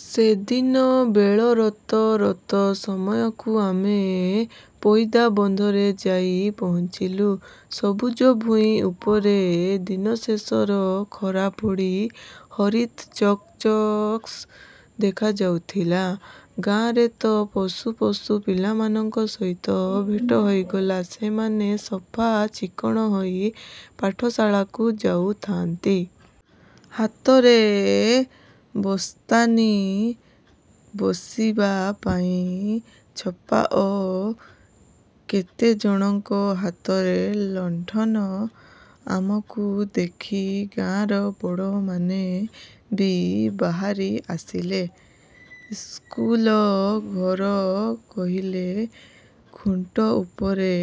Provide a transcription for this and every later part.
ସେଦିନ ବେଳ ରତ ରତ ସମୟକୁ ଆମେ ପଇଦାବନ୍ଧରେ ଯାଇ ପହଞ୍ଚିଲୁ। ସବୁଜ ଭୂଇଁ ଉପରେ ଦିନଶେଷର ଖରା ପଡ଼ି ହରିତ୍ ଚକ୍ ଚକ୍ସ ଦେଖାଯାଉଥିଲା। ଗାଆଁରେ ତ ପଶୁ ପଶୁ ପିଲାମାନଙ୍କ ସହିତ ଭେଟ ହୋଇଗଲା। ସେମାନେ ସଫା ଚିକ୍କଣ ହୋଇ ପାଠଶାଳାକୁ ଯାଉଥାନ୍ତି। ହାତରେ ବସ୍ତାନି, ବସିବା ପାଇଁ ଛପା ଓ କେତେଜଣଙ୍କ ହାତରେ ଲଣ୍ଡନ। ଆମକୁ ଦେଖି ଗାଆଁର ବଡ଼ମାନେ ବି ବାହାରି ଆସିଲେ। ଇସ୍କୁଲ ଘର କହିଲେ ଖୁଣ୍ଟ ଉପରେ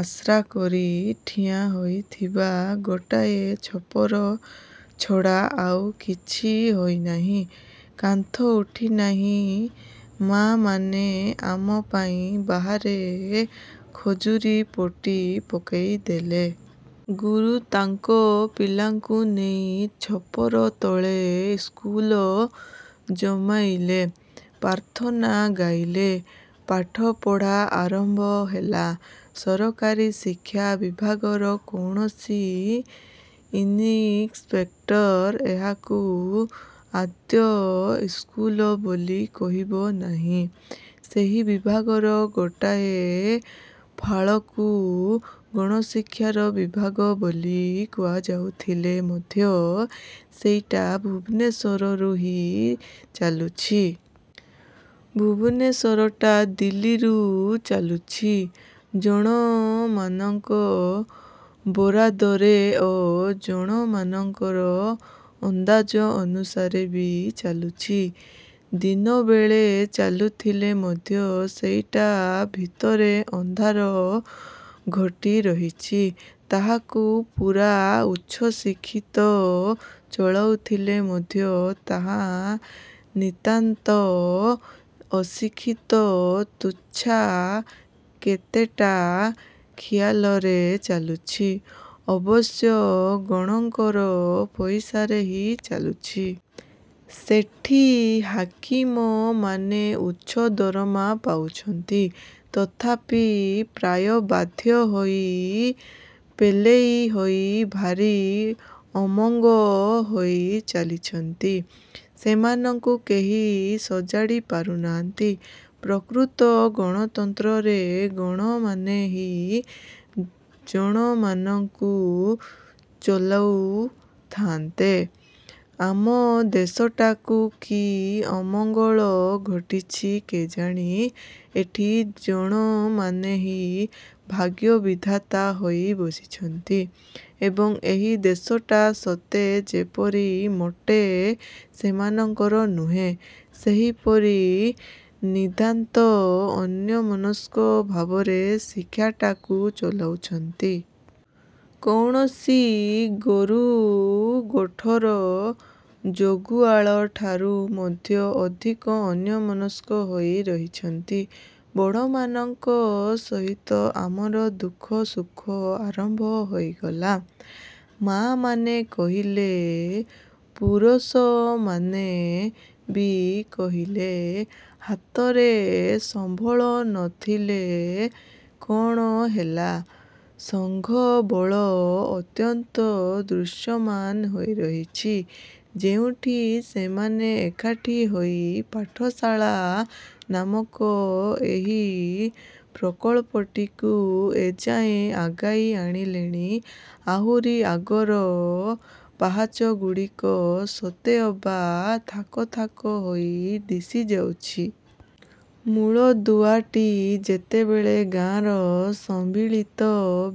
ଆଶ୍ରାକରି ଠିଆ ହୋଇଥିବା ଗୋଟାଏ ଛପର ଛଡ଼ା ଆଉ କିଛି ହୋଇନାହିଁ। କାନ୍ଥ ଉଠିନାହିଁ। ମାଆମାନେ ଆମ ପାଇଁ ବାହାରେ ଖଜୁରିପଟି ପକାଇଦେଲେ। ଗୁରୁ ତାଙ୍କ ପିଲାଙ୍କୁ ନେଇ ଛପର ତଳେ ଇସ୍କୁଲ ଜମାଇଲେ। ପ୍ରାର୍ଥନା ଗାଇଲେ। ପାଠପଢ଼ା ଆରମ୍ଭ ହେଲା। ସରକାରୀ ଶିକ୍ଷା ବିଭାଗର କୌଣସି ଇନିସ୍ପେକ୍ଟର ଏହାକୁ ଆଦୌ ଇସ୍କୁଲ ବୋଲି କହିବ ନାହିଁ। ସେହି ବିଭାଗର ଗୋଟାଏ ଫାଳକୁ ଗଣଶିକ୍ଷାର ବିଭାଗ ବୋଲି କୁହାଯାଉଥିଲେ ମଧ୍ୟ ସେଇଟା ଭୁବନେଶ୍ୱରରୁ ହିଁ ଚାଲୁଛି। ଭୁବନେଶ୍ୱରଟା ଦିଲ୍ଲୀରୁ ଚାଲୁଛି। ଜଣମାନଙ୍କ ବରାଦରେ ଓ ଜଣମାନଙ୍କର ଅନ୍ଦାଜ ଅନୁସାରେ ବି ଚାଲୁଛି। ଦିନବେଳେ ଚାଲୁଥିଲେ ମଧ୍ୟ ସେଇଟା ଭିତରେ ଅନ୍ଧାର ଘୋଟି ରହିଛି। ତାହାକୁ ପୂରା ଉଚ୍ଚଶିକ୍ଷିତ ଚଳାଉଥିଲେ ମଧ୍ୟ ତାହା ନିତାନ୍ତ ଅଶିକ୍ଷିତ ତୁଚ୍ଛା କେତେଟା ଖିଆଲରେ ଚାଲୁଛି। ଅବଶ୍ୟ ଗଣଙ୍କର ପଇସାରେ ହିଁ ଚାଲୁଛି। ସେଠି ହାକିମମାନେ ଉଚ୍ଚ ଦରମା ପାଉଛନ୍ତି। ତଥାପି ପ୍ରାୟ ବାଧ୍ୟ ହୋଇ ପେଲେଇ ହୋଇ ଭାରି ଅମଙ୍ଗ ହୋଇ ଚାଲିଛନ୍ତି। ସେମାନଙ୍କୁ କେହି ସଜାଡ଼ି ପାରୁନାହାନ୍ତି। ପ୍ରକୃତ ଗଣତନ୍ତ୍ରରେ ଗଣମାନେ ହିଁ ଜଣମାନଙ୍କୁ ଚଲାଉ ଥାଆନ୍ତେ। ଆମ ଦେଶଟାକୁ କି ଅମଙ୍ଗଳ ଘୋଟିଛି କେଜାଣି, ଏଠି ଜଣମାନେ ହିଁ ଭାଗ୍ୟବିଧାତା ହୋଇ ବସିଛନ୍ତି ଏବଂ ଏହି ଦେଶଟା ସତେ ଯେପରି ମୋଟେ ସେମାନଙ୍କର ନୁହେଁ, ସେହିପରି ନିଦାନ୍ତ ଅନ୍ୟମନସ୍କ ଭାବରେ ଶିକ୍ଷାଟାକୁ ଚଲଉଛନ୍ତି। କୌଣସି ଗୋରୁଗୋଠର ଜଗୁଆଳଠାରୁ ମଧ୍ୟ ଅଧିକ ଅନ୍ୟମନସ୍କ ହୋଇ ରହିଛନ୍ତି। ବଡ଼ମାନଙ୍କ ସହିତ ଆମର ଦୁଃଖ ସୁଖ ଆରମ୍ଭ ହୋଇଗଲା। ମାଆମାନେ କହିଲେ, ପୁରଷମାନେ ବି କହିଲେ। ହାତରେ ସମ୍ବଳ ନଥିଲେ କ'ଣ ହେଲା, ସଂଘବଳ ଅତ୍ୟନ୍ତ ଦୃଶ୍ୟମାନ ହୋଇରହିଛି। ଯେଉଁଠି ସେମାନେ ଏକାଠି ହୋଇ ପାଠଶାଳା ନାମକ ଏହି ପ୍ରକଳ୍ପଟିକୁ ଏଯାଏ ଆଗେଇ ଆଣିଲେଣି, ଆହୁରି ଆଗର ପାହାଚଗୁଡ଼ିକ ସତେଅବା ଥାକ ଥାକ ହୋଇ ଦିଶିଯାଉଛି। ମୂଳଦୁଆଟି ଯେତେବେଳେ ଗାଆଁର ସମ୍ମିଳିତ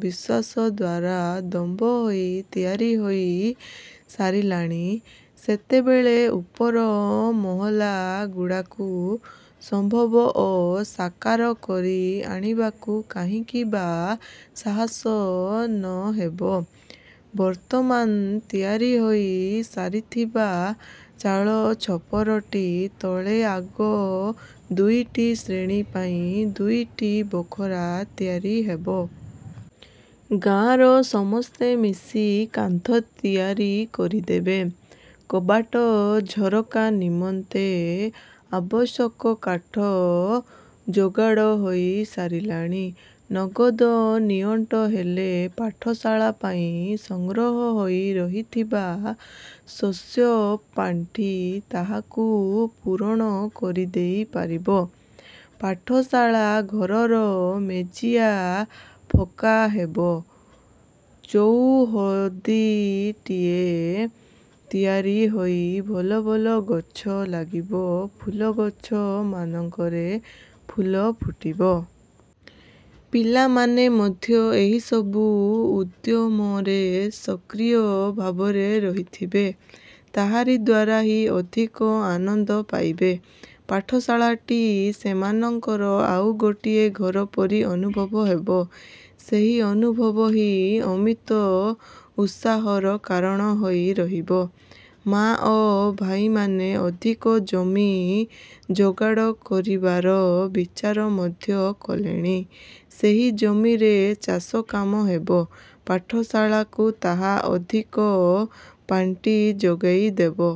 ବିଶ୍ୱାସ ଦ୍ଵାରା ଦମ୍ଭ ହୋଇ ତିଆରି ହୋଇ ସାରିଲାଣି, ସେତେବେଳେ ଉପର ମହଲାଗୁଡ଼ାକୁ ସମ୍ଭବ ଓ ସାକାର କରି ଆଣିବାକୁ କାହିଁକି ବା ସାହସ ନହେବ? ବର୍ତ୍ତମାନ ତିଆରି ହୋଇ ସାରିଥିବା ଚାଳଛପରଟି ତଳେ ଆଗ ଦୁଇଟି ଶ୍ରେଣୀ ପାଇଁ ଦୁଇଟି ବଖରା ତିଆରି ହେବ। ଗାଆଁର ସମସ୍ତେ ମିଶି କାନ୍ଥ ତିଆରି କରିଦେବେ। କବାଟ ଝରକା ନିମନ୍ତେ ଆବଶ୍ୟକ କାଠ ଯୋଗାଡ଼ ହୋଇ ସାରିଲାଣି। ନଗଦ ନିଅଣ୍ଟ ହେଲେ ପାଠଶାଳା ପାଇଁ ସଂଗ୍ରହ ହୋଇ ରହିଥିବା ଶସ୍ୟପାଣ୍ଠି ତାହାକୁ ପୂରଣ କରିଦେଇ ପାରିବ। ପାଠଶାଳା ଘରର ମେଜିଆ ପକ୍କା ହେବ। ଚଉହଦୀଟିଏ ତିଆରି ହୋଇ ଭଲ ଭଲ ଗଛ ଲାଗିବ, ଫୁଲଗଛ ମାନଙ୍କରେ ଫୁଲ ଫୁଟିବ। ପିଲାମାନେ ମଧ୍ୟ ଏହିସବୁ ଉଦ୍ୟମରେ ସକ୍ରିୟ ଭାବରେ ରହିଥିବେ। ତାହାରି ଦ୍ୱାରା ହିଁ ଅଧିକ ଆନନ୍ଦ ପାଇବେ। ପାଠଶାଳାଟି ସେମାନଙ୍କର ଆଉ ଗୋଟିଏ ଘର ପରି ଅନୁଭବ ହେବ। ସେହି ଅନୁଭବ ହିଁ ଅମିତ ଉତ୍ସାହର କାରଣ ହୋଇ ରହିବ। ମାଆ ଓ ଭାଇମାନେ ଅଧିକ ଜମି ଯୋଗାଡ଼ କରିବାର ବିଚାର ମଧ୍ୟ କଲେଣି। ସେହି ଜମିରେ ଚାଷକାମ ହେବ। ପାଠଶାଳାକୁ ତାହା ଅଧିକ ପାଣ୍ଠି ଯୋଗାଇଦେବ।